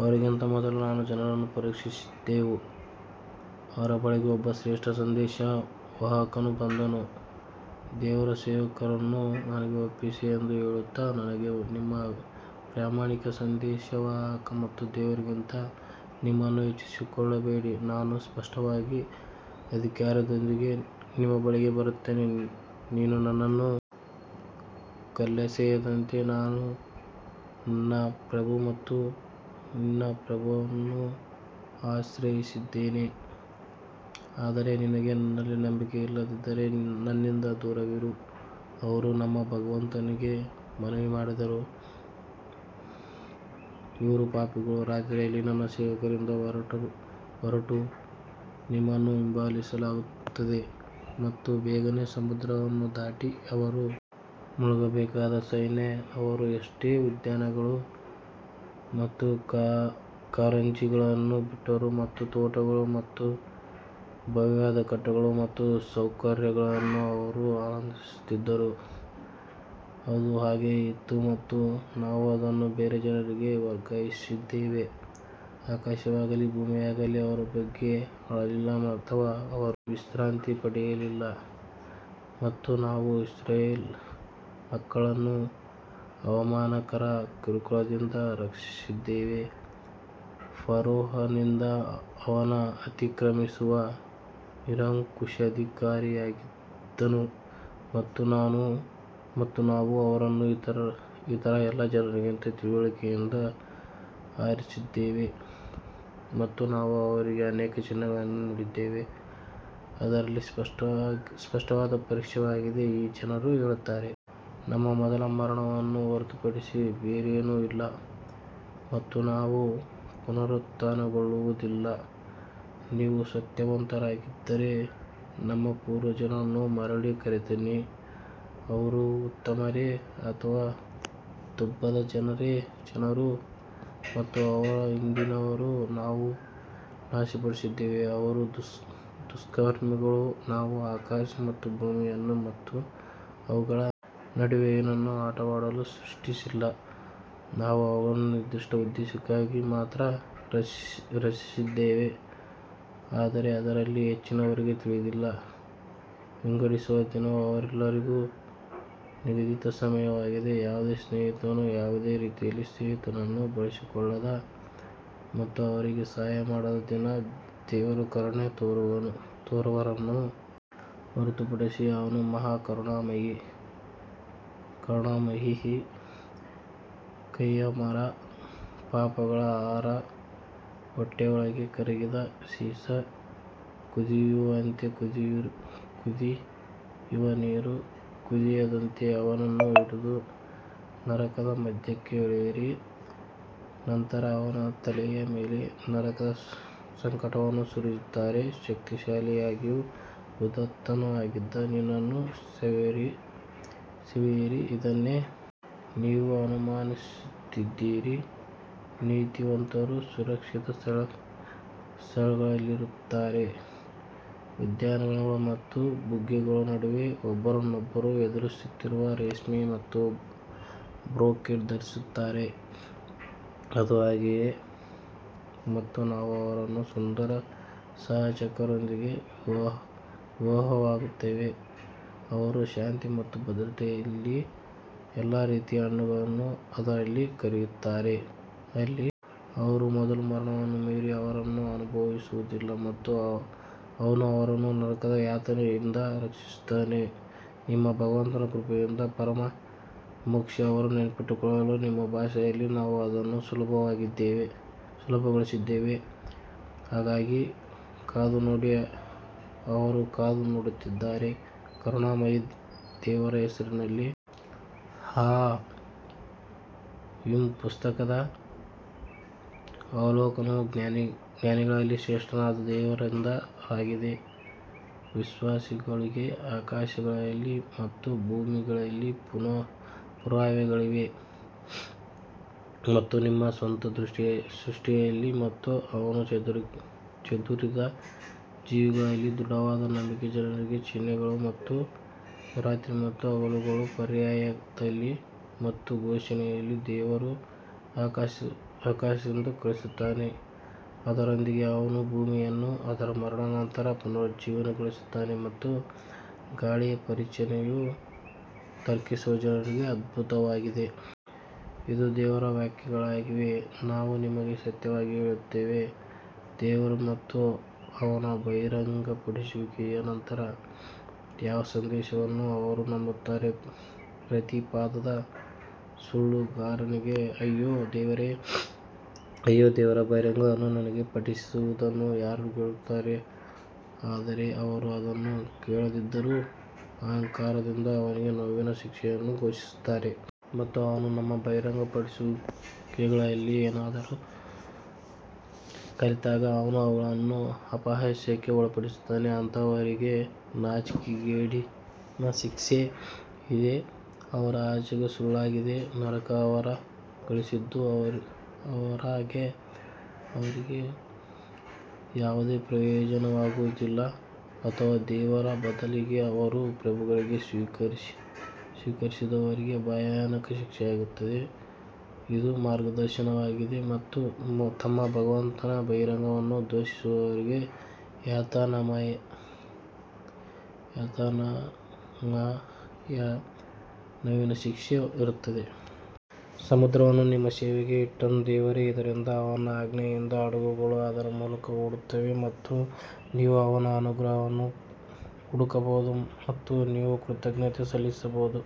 ಅವರಿಗಿಂತ ಮೊದಲು ನಾವು ಜನರನ್ನು ಪರೀಕ್ಷಿಸಿದೆವು ಅವರ ಬಳಿಗೆ ಒಬ್ಬ ಶ್ರೇಷ್ಠ ಸಂದೇಶವಾಹಕನು ಬಂದನು ದೇವರ ಸೇವಕರನ್ನು ನನಗೆ ಒಪ್ಪಿಸಿ ಎಂದು ಹೇಳುತ್ತಾ ನಾನು ನಿಮಗೆ ಪ್ರಾಮಾಣಿಕ ಸಂದೇಶವಾಹಕ ಮತ್ತು ದೇವರಿಗಿಂತ ನಿಮ್ಮನ್ನು ಹೆಚ್ಚಿಸಿಕೊಳ್ಳಬೇಡಿ, ನಾನು ಸ್ಪಷ್ಟವಾದ ಅಧಿಕಾರದೊಂದಿಗೆ ನಿಮ್ಮ ಬಳಿಗೆ ಬರುತ್ತೇನೆ ನೀನು ನನ್ನನ್ನು ಕಲ್ಲೆಸೆಯದಂತೆ ನಾನು ನನ್ನ ಪ್ರಭು ಮತ್ತು ನಿನ್ನ ಪ್ರಭುವನ್ನು ಆಶ್ರಯಿಸಿದ್ದೇನೆ ಆದರೆ ನಿನಗೆ ನನ್ನಲ್ಲಿ ನಂಬಿಕೆ ಇಲ್ಲದಿದ್ದರೆ ನನ್ನಿಂದ ದೂರವಿರು ಅವರು ತಮ್ಮ ಭಗವಂತನಿಗೆ ಮನವಿ ಮಾಡಿದರು ಇವರು ಪಾಪಿಗಳು ರಾತ್ರಿಯಲ್ಲಿ ನನ್ನ ಸೇವಕರೊಂದಿಗೆ ಹೊರಟು, ನಿಮ್ಮನ್ನು ಹಿಂಬಾಲಿಸಲಾಗುತ್ತದೆ ಮತ್ತು ಬೇಗನೆ ಸಮುದ್ರವನ್ನು ದಾಟಿ ಅವರು ಮುಳುಗಬೇಕಾದ ಸೈನ್ಯ ಅವರು ಎಷ್ಟು ಉದ್ಯಾನಗಳು ಮತ್ತು ಕಾರಂಜಿಗಳನ್ನು ಬಿಟ್ಟರು ಮತ್ತು ತೋಟಗಳು ಮತ್ತು ಭವ್ಯವಾದ ಕಟ್ಟಡಗಳು ಮತ್ತು ಸೌಕರ್ಯಗಳನ್ನು ಅವರು ಆನಂದಿಸುತ್ತಿದ್ದರು ಅದು ಹಾಗೆಯೇ ಇತ್ತು ಮತ್ತು ನಾವು ಅದನ್ನು ಬೇರೆ ಜನರಿಗೆ ವರ್ಗಾಯಿಸಿದ್ದೇವೆ ಆಕಾಶವಾಗಲಿ ಭೂಮಿಯಾಗಲಿ ಅವರ ಬಗ್ಗೆ ಅಳಲಿಲ್ಲ ಅಥವಾ ಅವರು ವಿಶ್ರಾಂತಿ ಪಡೆಯಲಿಲ್ಲ ಮತ್ತು ನಾವು ಇಸ್ರಾಯೇಲ್ ಮಕ್ಕಳನ್ನು ಅವಮಾನಕರ ಕಿರುಕುಳದಿಂದ ರಕ್ಷಿಸಿದೆವು ಫರೋಹನಿಂದ ಅವನು ಅತಿಕ್ರಮಿಸುವ ನಿರಂಕುಶಾಧಿಕಾರಿಯಾಗಿದ್ದನು ಮತ್ತು ನಾವು ಅವರನ್ನು ಇತರ ಎಲ್ಲ ಜನರಿಗಿಂತ ತಿಳುವಳಿಕೆಯಿಂದ ಆರಿಸಿದ್ದೇವೆ ಮತ್ತು ನಾವು ಅವರಿಗೆ ಅನೇಕ ಚಿಹ್ನೆಗಳನ್ನು ನೀಡಿದ್ದೇವೆ, ಅದರಲ್ಲಿ ಸ್ಪಷ್ಟವಾದ ಪರೀಕ್ಷೆಯಾಗಿದೆ ಈ ಜನರು ಹೇಳುತ್ತಾರೆ ನಮ್ಮ ಮೊದಲ ಮರಣವನ್ನು ಹೊರತುಪಡಿಸಿ ಬೇರೇನೂ ಇಲ್ಲ ಮತ್ತು ನಾವು ಪುನರುತ್ಥಾನಗೊಳ್ಳುವುದಿಲ್ಲ ನೀವು ಸತ್ಯವಂತರಾಗಿದ್ದರೆ ನಮ್ಮ ಪೂರ್ವಜರನ್ನು ಮರಳಿ ಕರೆತನ್ನಿ ಅವರು ಉತ್ತಮರೇ ಅಥವಾ ತುಬ್ಬದ ಜನರು ಮತ್ತು ಅವರ ಹಿಂದಿನವರನ್ನು ನಾವು ನಾಶಪಡಿಸಿದ್ದೇವೆ ಅವರು ದುಷ್ಕರ್ಮಿಗಳು ನಾವು ಆಕಾಶ ಮತ್ತು ಭೂಮಿಯನ್ನು ಮತ್ತು ಅವುಗಳ ನಡುವೆ ಏನನ್ನು ಆಟವಾಡಲು ಸೃಷ್ಟಿಸಿಲ್ಲ ನಾವು ಅವುಗಳನ್ನು ನಿರ್ದಿಷ್ಟ ಉದ್ದೇಶಕ್ಕಾಗಿ ಮಾತ್ರ ರಚಿಸಿದ್ದೇವೆ ಆದರೆ ಅವರಲ್ಲಿ ಹೆಚ್ಚಿನವರಿಗೆ ತಿಳಿದಿಲ್ಲ ವಿಂಗಡಿಸುವ ದಿನವು ಅವರೆಲ್ಲರಿಗೂ ನಿಗದಿತ ಸಮಯವಾಗಿದೆ ಯಾವುದೇ ಸ್ನೇಹಿತನು ಯಾವುದೇ ರೀತಿಯಲ್ಲಿ ಸ್ನೇಹಿತನನ್ನು ಬಳಸಿಕೊಳ್ಳದ ಮತ್ತು ಅವರಿಗೆ ಸಹಾಯ ಮಾಡದ ದಿನ ದೇವರು ಕರುಣೆ ತೋರುವವರನ್ನು ಹೊರತುಪಡಿಸಿ ಅವನು ಮಹಾ ಕರುಣಾಮಯಿ ಕಹಿಯ ಮರ ಪಾಪಿಗಳ ಆಹಾರ ಹೊಟ್ಟೆಯೊಳಗೆ ಕರಗಿದ ಸೀಸ ಕುದಿಯುವಂತೆ ಕುದಿಯುವ ನೀರು ಕುದಿದಂತೆ ಅವನನ್ನು ಹಿಡಿದು ನರಕದ ಮಧ್ಯಕ್ಕೆ ಎಳೆಯಿರಿ ನಂತರ ಅವನ ತಲೆಯ ಮೇಲೆ ನರಕದ ಸಂಕಟವನ್ನು ಸುರಿಯುತ್ತಾರೆ ಶಕ್ತಿಶಾಲಿಯೂ ಉದಾತ್ತನೂ ಆಗಿದ್ದ ನಿನ್ನನ್ನು ಸವಿಯಿರಿ ಇದನ್ನೇ ನೀವು ಅನುಮಾನಿಸುತ್ತಿದ್ದೀರಿ ನೀತಿವಂತರು ಸುರಕ್ಷಿತ ಸ್ಥಳದಲ್ಲಿರುತ್ತಾರೆ ಉದ್ಯಾನಗಳು ಮತ್ತು ಬುಗ್ಗೆಗಳ ನಡುವೆ ಒಬ್ಬರನ್ನೊಬ್ಬರು ಎದುರಿಸುತ್ತಿರುವ ರೇಷ್ಮೆ ಮತ್ತು ಬ್ರೊಕೇಡ್ ಧರಿಸುತ್ತಾರೆ ಅದು ಹಾಗೆಯೇ ಮತ್ತು ನಾವು ಅವರನ್ನು ಸುಂದರ ಸಹಚರರೊಂದಿಗೆ ವಿವಾಹವಾಗುತ್ತೇವೆ ಅವರು ಶಾಂತಿ ಮತ್ತು ಭದ್ರತೆಯಲ್ಲಿ ಎಲ್ಲಾ ರೀತಿಯ ಹಣ್ಣುಗಳನ್ನು ಅದರಲ್ಲಿ ಕರೆಯುತ್ತಾರೆ ಅಲ್ಲಿ ಅವರು ಮೊದಲ ಮರಣವನ್ನು ಮೀರಿ ಮರಣವನ್ನು ಅನುಭವಿಸುವುದಿಲ್ಲ ಮತ್ತು ಅವನು ಅವರನ್ನು ನರಕದ ಯಾತನೆಯಿಂದ ರಕ್ಷಿಸುತ್ತಾನೆ ನಿಮ್ಮ ಭಗವಂತನ ಕೃಪೆಯೇ ಪರಮ ಮೋಕ್ಷ ಅವರು ನೆನಪಿಟ್ಟುಕೊಳ್ಳಲು ನಿಮ್ಮ ಭಾಷೆಯಲ್ಲಿ ನಾವು ಅದನ್ನು ಸುಲಭಗೊಳಿಸಿದ್ದೇವೆ ಹಾಗಾಗಿ ಕಾದು ನೋಡಿ ಅವರೂ ಕಾದು ನೋಡುತ್ತಿದ್ದಾರೆ ಕರುಣಾಮಯಿ ದೇವರ ಹೆಸರಿನಲ್ಲಿ ಹಾ ಮೀಮ್ ಪುಸ್ತಕದ ಅವಲೋಕನವು ಜ್ಞಾನಿಗಳಲ್ಲಿ ಶ್ರೇಷ್ಠನಾದ ದೇವರಿಂದ ಆಗಿದೆ ವಿಶ್ವಾಸಿಗಳಿಗೆ ಆಕಾಶಗಳಲ್ಲಿ ಮತ್ತು ಭೂಮಿಯಲ್ಲಿ ಪುರಾವೆಗಳಿವೆ ಮತ್ತು ನಿಮ್ಮ ಸ್ವಂತ ಸೃಷ್ಟಿಯಲ್ಲಿ ಮತ್ತು ಅವನು ಚದುರಿದ ಜೀವಿಗಳಲ್ಲಿ ದೃಢವಾದ ನಂಬಿಕೆಯ ಜನರಿಗೆ ಚಿಹ್ನೆಗಳು ಮತ್ತು ರಾತ್ರಿ ಮತ್ತು ಹಗಲುಗಳ ಪರ್ಯಾಯದಲ್ಲಿ ಮತ್ತು ಪೋಷಣೆಯಲ್ಲಿ ದೇವರು ಆಕಾಶದಿಂದ ಕಳುಹಿಸುತ್ತಾನೆ, ಅದರೊಂದಿಗೆ ಅವನು ಭೂಮಿಯನ್ನು ಅದರ ಮರಣದ ನಂತರ ಪುನರುಜ್ಜೀವನಗೊಳಿಸುತ್ತಾನೆ ಮತ್ತು ಗಾಳಿಯ ಪರಿಚಲನೆಯು ತರ್ಕಿಸುವ ಜನರಿಗೆ ಅದ್ಭುತವಾಗಿದೆ. ಇವು ದೇವರ ವಾಕ್ಯಗಳಾಗಿವೆ, ನಾವು ನಿಮಗೆ ಸತ್ಯವಾಗಿ ಹೇಳುತ್ತೇವೆ, ದೇವರು ಮತ್ತು ಅವನ ಬಹಿರಂಗಪಡಿಸುವಿಕೆಯ ನಂತರ ಯಾವ ಸಂದೇಶವನ್ನು ಅವರು ನಂಬುತ್ತಾರೆ ಪ್ರತಿ ಪಾಪದ ಸುಳ್ಳುಗಾರನಿಗೆ ಅಯ್ಯೋ ದೇವರ ಬಹಿರಂಗಗಳನ್ನು ತನಗೆ ಪಠಿಸುವುದನ್ನು ಯಾರು ಕೇಳುತ್ತಾರೆ, ಆದರೆ ಅವರು ಅದನ್ನು ಕೇಳದಿದ್ದರೂ ಅಹಂಕಾರದಿಂದ ಅವನಿಗೆ ನೋವಿನ ಶಿಕ್ಷೆಯನ್ನು ಘೋಷಿಸುತ್ತಾರೆ. ಮತ್ತು ಅವನು ನಮ್ಮ ಬಹಿರಂಗಪಡಿಸುವಿಕೆಗಳಲ್ಲಿ ಏನನ್ನಾದರೂ ಕಲಿತಾಗ ಅವನು ಅವುಗಳನ್ನು ಅಪಹಾಸ್ಯಕ್ಕೆ ಒಳಪಡಿಸುತ್ತಾನೆ, ಅಂತಹವರಿಗೆ ನಾಚಿಕೆಗೇಡಿನ ಶಿಕ್ಷೆ ಇದೆ. ಅವರ ಆಚೆಗೆ ಸುಳ್ಳಾಗಿದೆ ನರಕ ಅವರು ಗಳಿಸಿದ್ದು ಅವರಿಗೆ ಯಾವುದೇ ಪ್ರಯೋಜನವಾಗುವುದಿಲ್ಲ ಅಥವಾ ದೇವರ ಬದಲಿಗೆ ಅವರು ಪ್ರಭುಗಳಾಗಿ ಸ್ವೀಕರಿಸಿದವರಿಗೆ ಭಯಾನಕ ಶಿಕ್ಷೆಯಾಗುತ್ತದೆ. ಇದು ಮಾರ್ಗದರ್ಶನವಾಗಿದೆ ತಮ್ಮ ಭಗವಂತನ ಬಹಿರಂಗವನ್ನು ದೂಷಿಸುವವರಿಗೆ ಯಾತನಾಮಯ ನೋವಿನ ಶಿಕ್ಷೆ ಇರುತ್ತದೆ. ಸಮುದ್ರವನ್ನು ನಿಮ್ಮ ಸೇವೆಗೆ ಇಟ್ಟವನು ದೇವರೇ, ಇದರಿಂದ ಅವನ ಆಜ್ಞೆಯಿಂದ ಹಡಗುಗಳು ಅದರ ಮೂಲಕ ಓಡುತ್ತವೆ ಮತ್ತು ನೀವು ಅವನ ಅನುಗ್ರಹವನ್ನು ಹುಡುಕಬಹುದು ಮತ್ತು ನೀವು ಕೃತಜ್ಞತೆ ಸಲ್ಲಿಸಬಹುದು.